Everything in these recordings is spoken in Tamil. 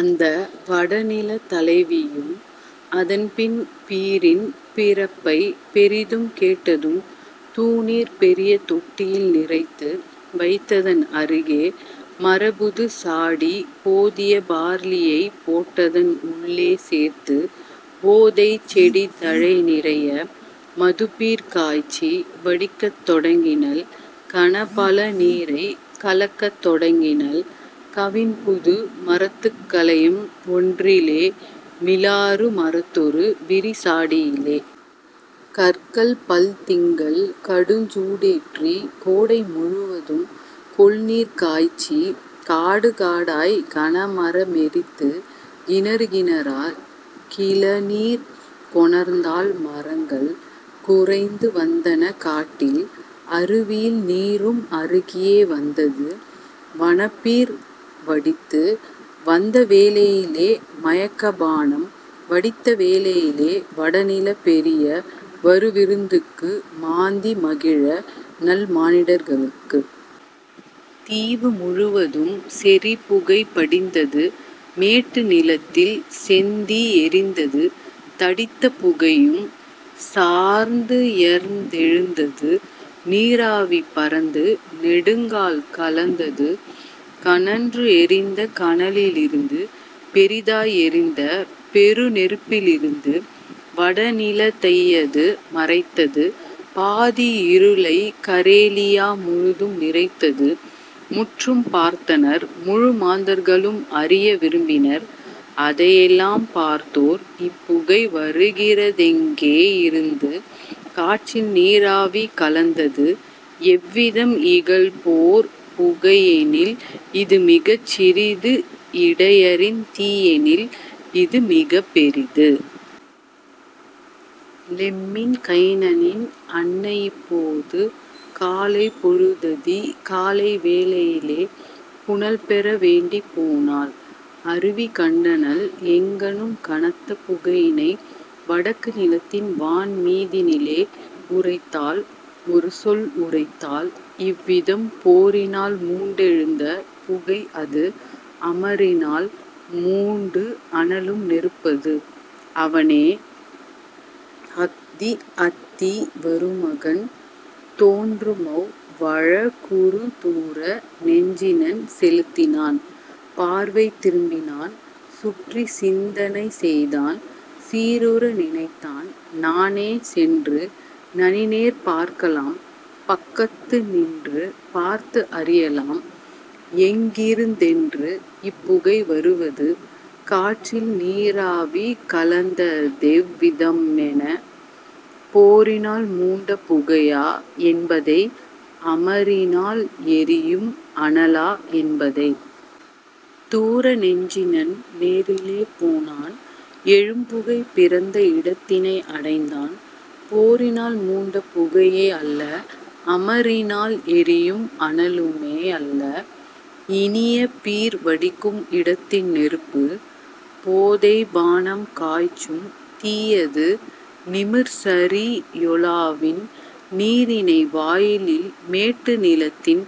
அந்த வடநிலத் தலைவியும் அதன்பின் பீரின் பிறப்பைப் பெரிதும் கேட்டதும் தூநீர் பெரிய தொட்டியில் நிறைத்து வைத்ததன் அருகே மரப்புதுச் சாடி போதிய பார்லியைப் போட்டதன் உள்ளே சேர்த்துப் போதைச் செடித்தழை நிறைய மதுப்பீர் காய்ச்சி வடிக்கத் தொடங்கினள் கனபல நீரைக் கலக்கத் தொடங்கினள் கவின்புது மரத்துக் கலயம் ஒன்றிலே மிலாறு மரத்தொரு விரிசாடியிலே. கற்கள்பல் திங்கள் கடுஞ்சூ டேற்றி கோடை முழுவதும் கொள்நீர் காய்ச்சி காடு காடாய்க் கனமர மெரித்து கிணறு கிணறாய் கிளர்நீர் கொணர்ந்தாள் மரங்கள் குறைந்து வந்தன காட்டில் அருவியில் நீரும் அருகியே வந்தது வனப்பீர் வடித்து வந்தவேளையிலே மயக்கப் பானம் வடித்தவேளையிலே வடநிலப் பெரிய வருவிருந்துக்கு மாந்தி மகிழநல் மானிடர்களுக்கு. தீவு முழுவதும் செறிபுகை படிந்தது மேட்டு நிலத்தில் செந்தீ எரிந்தது தடித்த புகையும் சார்ந்துயர்ந்தெழுந்தது நீராவி பரந்து நெடுங்கால் கலந்தது கனன்று எரிந்த கனலிலிருந்து பெரிதாய் எரிந்த பெருநெருப்பிலிருந்து வடநிலத் தையது மறைத்தது பாதி இருளைக் கரேலியா முழுதும் நிறைத்தது. முற்றும் பார்த்தனர் முழுமாந்தர்களும் அறிய விரும்பினர் அதையெலாம் பார்த்தோர் இப்புகை வருகிறதெங்கே யிருந்து காற்றில்நீராவி கலந்தது எவ்விதம் இகல்போர்ப் புகையெனில் இதுமிகச் சிறிது இடையரின் தீயெனில் இதுமிகப் பெரிது. லெம்மின் கைனனின் அன்னையிப்போது காலைப் பொழுததி காலைவேளையிலே புனல்பெற வேண்டிப் போனாள் அருவி கண்டனள் எங்கணும் கனத்த புகையினை வடக்கு நிலத்தின் வான்மீதினிலே உரைத்தாள் ஒருசொல் உரைத்தாள் இவ்விதம் போரினால் மூண்டு எழுந்த புகைஅது அமரினால் மூண்டு அனலும் நெருப்பது. அவனே அஹ்தி அத்தீ வருமகன் தோன்றுமவ் வழகுறு தூர நெஞ்சினன் செலுத்தினான் பார்வை திரும்பினான் சுற்றி சிந்தனை செய்தான் சீருற நினைத்தான் நானே சென்று நனிநேர் பார்க்கலாம் பக்கத்து நின்று பார்த்து அறியலாம் எங்கிருதென்று இப்புகை வருவது காற்றில்நீராவி கலந்ததெவ் விதமென போரினால் மூண்ட புகையா என்பதை அமரினால் எரியும் அனலா என்பதை. தூர நெஞ்சினன் நேரிலே போனான் எழும்புகை பிறந்த இடத்தினை அடைந்தான் போரினால் மூண்ட புகையே யல்ல அமரினால் எரியும் அனலுமே யல்ல இனியபீர் வடிக்கும் இடத்தின் நெருப்பு போதைப்பானம் காய்ச்சும் தீயது நிமிர்சரியொலாவின் நீரிணை வாயிலில் மேட்டு நிலத்தின்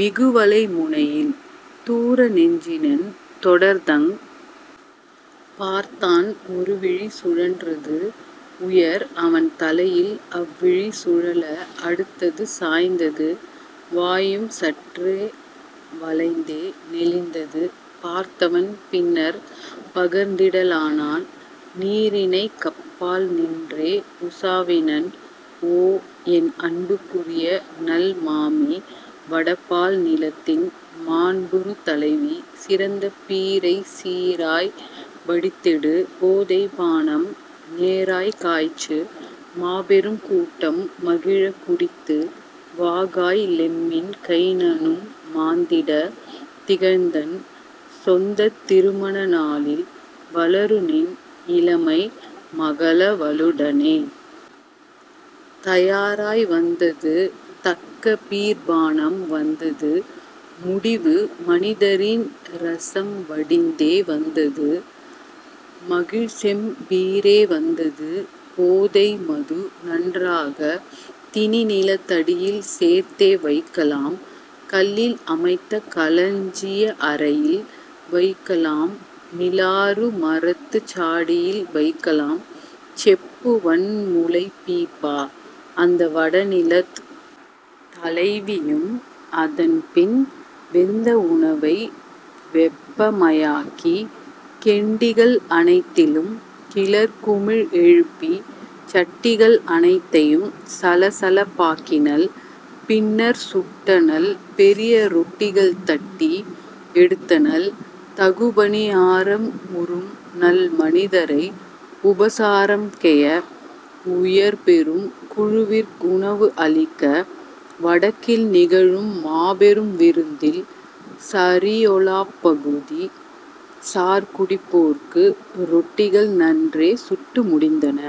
மிகுவளை முனையில். தூர நெஞ்சினன் தொடர்தங் பார்த்தான் ஒருவிழி சுழன்றது உயர்அவன் தலையில் அவ்விழி சுழல அடுத்தது சாய்ந்தது வாயும் சற்றே வளைந்தே நெளிந்தது பார்த்தவன் பின்னர் பகர்ந்திட லானான் நீரிணைக் கப்பால் நின்றே உசாவினன் ஓ என் அன்புக்குரியநல் மாமி வடபால் நிலத்தின் மாண்புறு தலைவி சிறந்த பீரைச் சீராய் வடித்தெடு போதைப்பானம் நேராய்க் காய்ச்சு மாபெரும் கூட்டம் மகிழக் குடித்து வாகாய் லெம்மின் கைனனும் மாந்திட திகழ்தன் சொந்தத் திருமண நாளில் வளருநின் இளமை மகளவளுடனே. தயாராய் வந்தது தக்கபீர்ப் பானம் வந்தது முடிவு மனிதரின் இரசம் வடிந்தே வந்தது மகிழ்செம் பீரே வந்தது போதை மதுநன்றாக திணிநிலத் தடியில் சேர்த்தே வைக்கலாம் கல்லில் அமைந்த களஞ்சிய அறையில் வைக்கலாம் மிலாறு மரத்துச் சாடியில் வைக்கலாம் செப்பு வன்முளைப் பீப்பா. அந்த வடநிலத் தலைவியும் அதன்பின் வெந்த உணவை வெப்பமயாக்கி கெண்டிகள் அனைத்திலும் கிளர் குமிழ் எழுப்பி சட்டிகள் அனைத்தையும் சலசலப்பாக்கினள் பின்னர் சுட்டனள் பெரிய ரொட்டிகள் தட்டி எடுத்தனள் தகுபணியாரம் உறும்நல் மனிதரை உபசாரம்கெய உயர்பெரும் குழுவிற் குணவு அளிக்க வடக்கில் நிகழும் மாபெரும் விருந்தில் சரியொலாப் பகுதி சார்குடிப்போர்க்கு ரொட்டிகள் நன்றே சுட்டு முடிந்தன